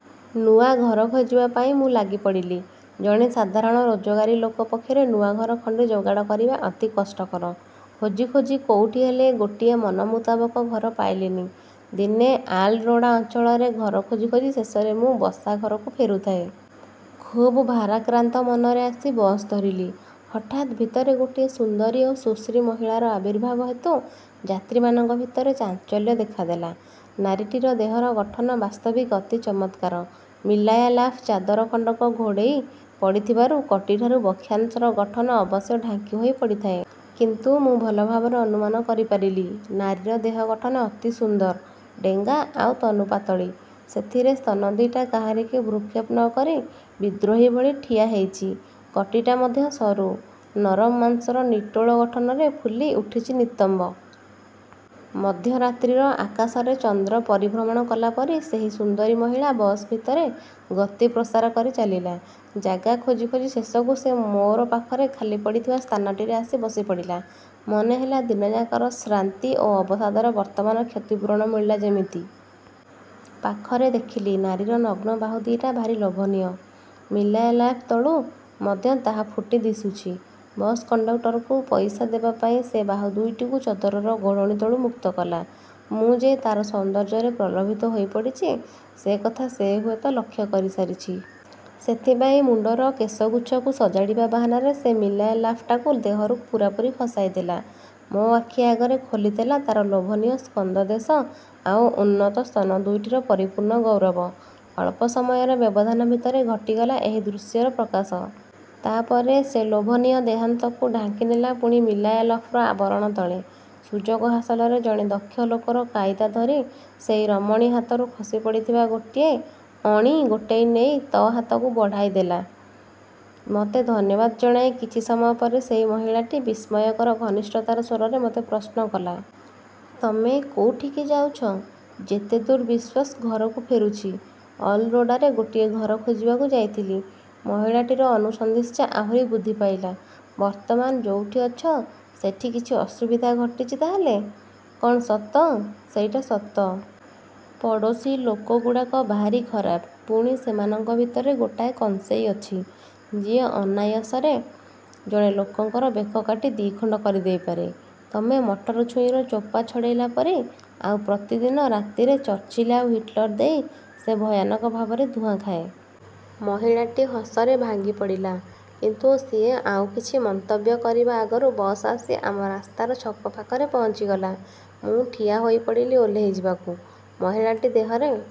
ନୂଆ ଘର ଖୋଜିବା ପାଇଁ ମୁଁ ଲାଗିପଡ଼ିଲି। ଜଣେ ସାଧାରଣ ରୋଜଗାରୀ ଲୋକ ପକ୍ଷରେ ନୂଆଘର ଖଣ୍ଡେ ଯୋଗାଡ଼ କରିବା ଅତି କଷ୍ଟକର। ଖୋଜି ଖୋଜି କୋଉଠି ହେଲେ ଗୋଟିଏ ମନମୁତାବକ ଘର ପାଇଲିନି। ଦିନେ ଆଲ୍-ରୋଡ଼ା ଅଞ୍ଚଳରେ ଘର ଖୋଜି ଖୋଜି ଶେଷରେ ମୁଁ ବସା ଘରକୁ ଫେରୁଥାଏ। ଖୁବ୍ ଭାରାକ୍ରାନ୍ତ ମନରେ ଆସି ବସ୍ ଧରିଲି। ହଠାତ୍ ଭିତରେ ଗୋଟିଏ ସୁନ୍ଦରୀ ଓ ସୁଶ୍ରୀ ମହିଳାର ଆବିର୍ଭାବ ହେତୁ ଯାତ୍ରୀମାନଙ୍କ ଭିତରେ ଚାଞ୍ଚଲ୍ୟ ଦେଖାଦେଲା। ନାରୀଟିର ଦେହର ଗଠନ ବାସ୍ତବିକ ଅତି ଚମତ୍କାର 'ମିଲାୟା-ଲାଫ' ଚଦର ଖଣ୍ଡକ ଘୋଡ଼େଇ ପଡ଼ିଥିବାରୁ କଟିଠାରୁ ବକ୍ଷାଂଶର ଗଠନ ଅବଶ୍ୟ ଢାଙ୍କି ହୋଇ ପଡ଼ିଥାଏ। କିନ୍ତୁ ମୁଁ ଭଲ ଭାବରେ ଅନୁମାନ କରିପାରିଲି-। ନାରୀର ଦେହ ଗଠନ ଅତି ସୁନ୍ଦର, ଡେଙ୍ଗା ଆଉ ତନୁପାତଳୀ, ସେଥିରେ ସ୍ତନଦିଟା କାହାରିକି ଭ୍ରୂକ୍ଷେପ ନ କରି ବିଦ୍ରୋହୀଭଳି ଠିଆ ହେଇଛି। କଟିଟା ମଧ୍ୟ ସରୁ, ନରମ ମାଂସର ନିଟୋଳ ଗଠନରେ ଫୁଲି ଉଠିଛି ନିତମ୍ବ। ମଧ୍ୟରାତ୍ରିର ଆକାଶରେ ଚନ୍ଦ୍ର ପରିଭ୍ରମଣ କଲାପରି ସେହି ସୁନ୍ଦରୀ ମହିଳା ବସ୍ ଭିତରେ ଗତି ପ୍ରସାରକରି ଚାଲିଲା। ଜାଗା ଖୋଜି ଖୋଜି ଶେଷକୁ ସେ ମୋର ପାଖରେ ଖାଲି ପଡ଼ିଥିବା ସ୍ଥାନଟିରେ ଆସି ବସି ପଡ଼ିଲା। ମନେହେଲା ଦିନଯାକର ଶ୍ରାନ୍ତି ଓ ଅବସାଦର ବର୍ତ୍ତମାନ କ୍ଷତିପୂରଣ ମିଳିଲା ଯେମିତି। ପାଖରେ ଦେଖିଲି, ନାରୀର ନଗ୍ନ ବାହୁଦିଟା ଭାରି ଲୋଭନୀୟ। ମିଲାୟା-ଲାଫ୍ ତଳୁ ମଧ୍ୟ ତାହା ଫୁଟି ଦିଶୁଛି। ବସ୍ କଣ୍ଡକଟରକୁ ପଇସା ଦେବାପାଇଁ ସେ ବାହୁ ଦୁଇଟିକୁ ଚଦରର ଘୋଡ଼ଣି ତଳୁ ମୁକ୍ତ କଲା। ମୁଁ ଯେ ତାର ସୌନ୍ଦର୍ଯ୍ୟରେ ପ୍ରଲୋଭିତ ହୋଇପଡ଼ିଛି, ସେ କଥା ସେ ହୁଏତ ଲକ୍ଷ୍ୟ କରିସାରିଛି। ସେଥିପାଇଁ ମୁଣ୍ଡର କେଶଗୁଚ୍ଛକୁ ସଜାଡ଼ିବା ବାହାନାରେ ସେ ମିଲାୟା-ଲାଫଟାକୁ ଦେହରୁ ପୁରାପୁରି ଖସାଇ ଦେଲା-। ମୋ ଆଖି ଆଗରେ ଖୋଲି ଦେଲା ତାର ଲୋଭନୀୟ ସ୍କନ୍ଧଦେଶ, ଆଉ ଉନ୍ନତ ସ୍ତନ ଦୁଇଟିର ପରିପୂର୍ଣ୍ଣ ଗୌରବ। ଅଳ୍ପ ସମୟର ବ୍ୟବଧାନ ଭିତରେ ଘଟିଗଲା ଏହି ଦୃଶ୍ୟର ପ୍ରକାଶ। ତାପରେ ସେ ଲୋଭନୀୟ ଦେହାଂଶକୁ ଢାଙ୍କିନେଲା ପୁଣି ମିଲାୟା-ଲଫର୍ ଆବରଣ ତଳେ। ସୁଯୋଗ ହାସଲର ଜଣେ ଦକ୍ଷ ଲୋକର କାଇଦା ଧରି ସେଇ ରମଣୀ ହାତରୁ ଖସି ପଡ଼ିଥିବା ଗୋଟିଏ। ଅଣି ଗୋଟେଇ ନେଇ ତ ହାତକୁ ବଢ଼େଇ ଦେଲା। ମତେ ଧନ୍ୟବାଦ୍ ଜଣାଇ କିଛି ସମୟ ପରେ ସେହି ମହିଳାଟି ବିସ୍ମୟକର ଘନିଷ୍ଠତାର ସ୍ୱରରେ ମୋତେ ପ୍ରଶ୍ନ କଲା। "ତମେ କୋଉଠିକି ଯାଉଛ? " "ଯେତେଦୂର ବିଶ୍ୱାସ ଘରକୁ ଫେରୁଛି। " "ଅଲ୍-ରୋଡ଼ାରେ ଗୋଟିଏ ଘର ଖୋଜିବାକୁ ଯାଇଥିଲି। " ମହିଳାଟିର ଅନୁସନ୍ଧିତ୍ସା ଆହୁରି ବୃଦ୍ଧି ପାଇଲା। "ବର୍ତ୍ତମାନ ଯୋଉଠି ଅଛ, ସେଠି କିଛି ଅସୁବିଧା ଘଟିଛି ତା' ହେଲେ। କଣ ସତ? " "ସେଇଟା ସତ। ପଡ଼ୋଶୀ ଲୋକଗୁଡ଼ାକ ଭାରି ଖରାପ, ପୁଣି, ସେମାନଙ୍କ ଭିତରେ ଗୋଟାଏ କଂସେଇ ଅଛି, ଯିଏ ଅନାୟାସରେ ଜଣେ ଲୋକଙ୍କର ବେକ କାଟି ଦିଖଣ୍ଡ କରିଦେଇପାରେ, ତମେ ମଟର ଛୁଇଁର ଚୋପା ଛଡ଼େଇଲା ପରି; ଆଉ ପ୍ରତିଦିନ ରାତିରେ ଚର୍ଚ୍ଚିଲ ଆଉ ହିଟଲର୍ ଦେଇ ସେ ଭୟାନକ ଭାବରେ ଧୂଆଁ ଖାଏ " ମହିଳାଟି ହସରେ ଭାଙ୍ଗି ପଡ଼ିଲା। କିନ୍ତୁ ସିଏ ଆଉ କିଛି ମନ୍ତବ୍ୟ କରିବା ଆଗରୁ ବସ୍ ଆସି ଆମ ରାସ୍ତାର ଛକ ପାଖରେ ପହଞ୍ଚିଗଲା। ମୁଁ ଠିଆ ହେଇପଡ଼ିଲି ଓହ୍ଲେଇ ଯିବାକୁ। ମହିଳାଟି ଦେହରେ